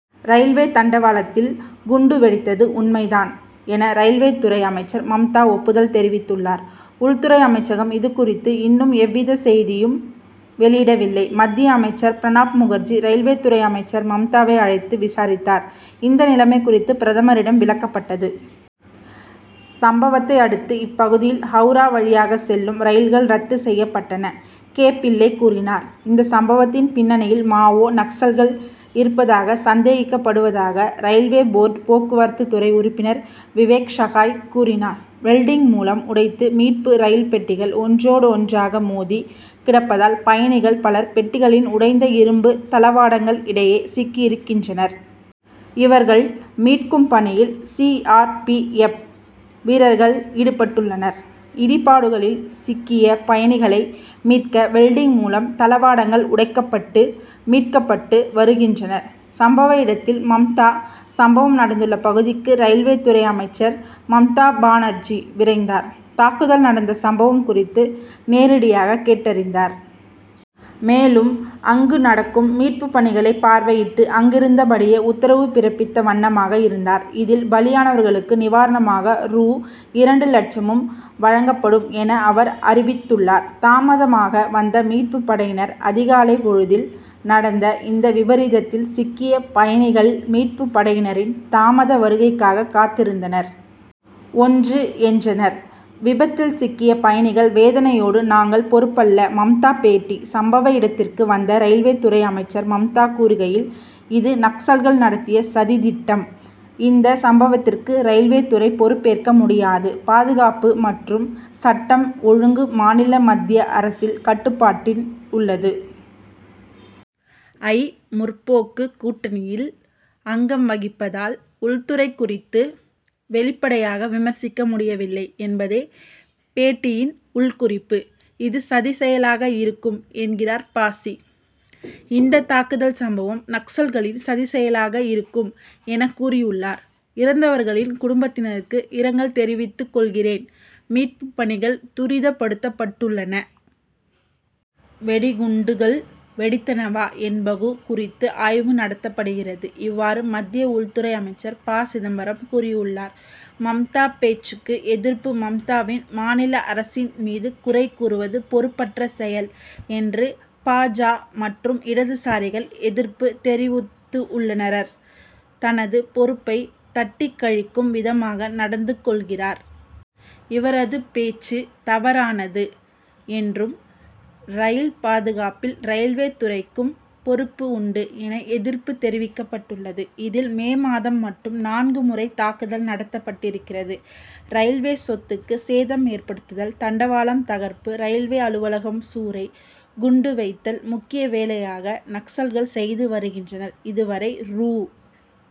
Railway தண்டவாளத்தில் குண்டு வெடித்தது உண்மை தான் என ரயில்வே துறை அமைச்சர் மம்தா ஒப்புதல் தெரிவித்துள்ளார். உள்துறை அமைச்சகம் இது குறித்து இன்னும் எவ்வித செய்தியும் வெளியிடவில்லை. மத்திய அமைச்சர் பிரணாப்முகர்ஜி, ரயில்வே துறை அமைச்சர் மம்தாவை அழைத்து விசாரித்தார், இந்த நிலமை குறித்து பிரதமரிடம் விளக்கப்பட்டது. சம்பவத்தை அடுத்து இப்பகுதியில் ஹவுரா வழியாக செல்லும் ரயில்கள் ரத்து செய்யப்பட்டன. கே., பிள்ளை கூறினார். இந்த சம்பவத்தின் பின்னணியில் மாவோ., நக்சல்கள் இருப்பதாக சந்தேகிக்கப்படுவதாக ரயில்வே போர்டு போக்குவரத்து துறை உறுப்பினர் விவேக் ஷகாய் கூறினார். வெல்டிங் மூலம் உடைத்து மீட்பு: ரயில் பெட்டிகள் ஒன்றோடு ஒன்றாக மோதி கிடப்பதால் பயணிகள் பலர் பெட்டிகளின் உடைந்த இரும்பு தளவாடங்கள் இடையே சி்க்கியிருக்கின்றனர். இவர்கள் மீட்கும் பணியில் சி. ஆர். பி. எப்., வீரர்கள் ஈடுபட்டுள்ளனர். இடிபாடுகளில் சிக்கிய பயணிகளை மீட்க வெல்டிங் மூலம் தளவாடங்கள் உடைக்கப்பட்டு மீட்கப்பட்டு வருகின்றனர். சம்பவ இடத்தில் மம்தா: சம்பவம் நடந்துள்ள பகுதிக்கு ரயில்வே துறை அமைச்சர் மம்தா பானர்ஜி விரைந்தார். தாக்குதல் நடந்த சம்பவம் குறித்து நேரடியாக கேட்டறிந்தார். மேலும் அங்கு நடக்கும் மீட்பு பணிகளை பார்வையிட்டு அங்கிருந்தபடியே உத்தரவு பிறப்பித்த வண்ணமாக இருந்தார். இதில் பலியானவர்களுக்கு நிவாரணமாக ரூ. இரண்டு லட்சமும் வழங்கப்படும் என அவர் அறிவித்துள்ளார். தாமதமாக வந்த மீட்பு படையினர்: அதிகாலை பொழுதில் நடந்த இந்த விபரீதத்தில் சிக்கிய பயணிகள் மீட்பு படையினரின் தாமத வருகைக்காக காத்திருந்தனர். ஒன்று. என்றனர் விபத்தில் சிக்கிய பயணிகள் வேதனையோடு. நாங்கள் பொறுப்பல்ல மம்தா பேட்டி: சம்பவ இடத்திற்கு வந்த ரயில்வே துறை அமைச்சர் மம்தா கூறுகையில்: இது நக்சல்கள் நடத்திய சதி திட்டம். இந்த சம்பவத்திற்கு ரயில்வே துறை பொறுப்பேற்க முடியாது. பாதுகாப்பு மற்றும் சட்டம் ஒழுங்கு மாநில மத்திய அரசின் கட்டுப்பாட்டில் உள்ளது. ஐ. முற்போக்கு கூட்ணியில் அங்கம் வகிப்பதால் உள்துறை குறித்து வெளிப்படையாக விமர்சிக்க முடியவில்லை என்பதே பேட்டியின் உள் குறிப்பு. இது சதிச்செயலாக இருக்கும் என்கிறார் ப. சி., இந்த தாக்குதல் சம்பவம் நக்சல்களின் சதிச்செயலாக இருக்கும் என கூறியுள்ளார். இறந்தவர்களின் குடும்பத்தினருக்கு இரங்கல் தெரிவித்துகொள்கிறேன். மீட்பு பணிகள் துரிதப்படுத்தப்பட்டுள்ளன. வெடிகுண்டுகள் வெடித்தனவா என்பகு குறித்து ஆய்வு நடத்தப்படுகிறது. இவ்வாறு மத்திய உள்துறை அமைச்சர் ப. சிதம்பரம் கூறியுள்ளார். மம்தா பேச்சுக்கு எதிர்ப்பு: மம்தாவின் மாநில அரசின் மீது குறை கூறுவது பொறுப்பற்ற செயல் என்று பா. ஜ., மற்றும் இடதுசாரிகள் எதிர்ப்பு தெரிவுத்து உள்ளனரர். தனது பொறுப்பை தட்டிக்கழிக்கும் விதமாக நடந்து கொள்கிறார். இவரது பேச்சு தவறானது என்றும் ரயில் பாதுகாப்பில் ரயில்வே துறைக்கும் பொறுப்பு உண்டு என எதிர்ப்பு தெரிவிக்கப்பட்டுள்ளது. இதில் மே மாதம் மட்டும் நான்கு முறை தாக்குதல் நடத்தப்பட்டிருக்கிறது. ரயில்வே சொத்துக்கு சேதம் ஏற்படுத்துதல், தண்டவாளம் தகர்ப்பு, ரயில்வே அலுவலகம் சூறை, குண்டு வைத்தல் முக்கிய வேலையாக நக்சல்கள் செய்து வருகின்றனர். இதுவரை ரூ.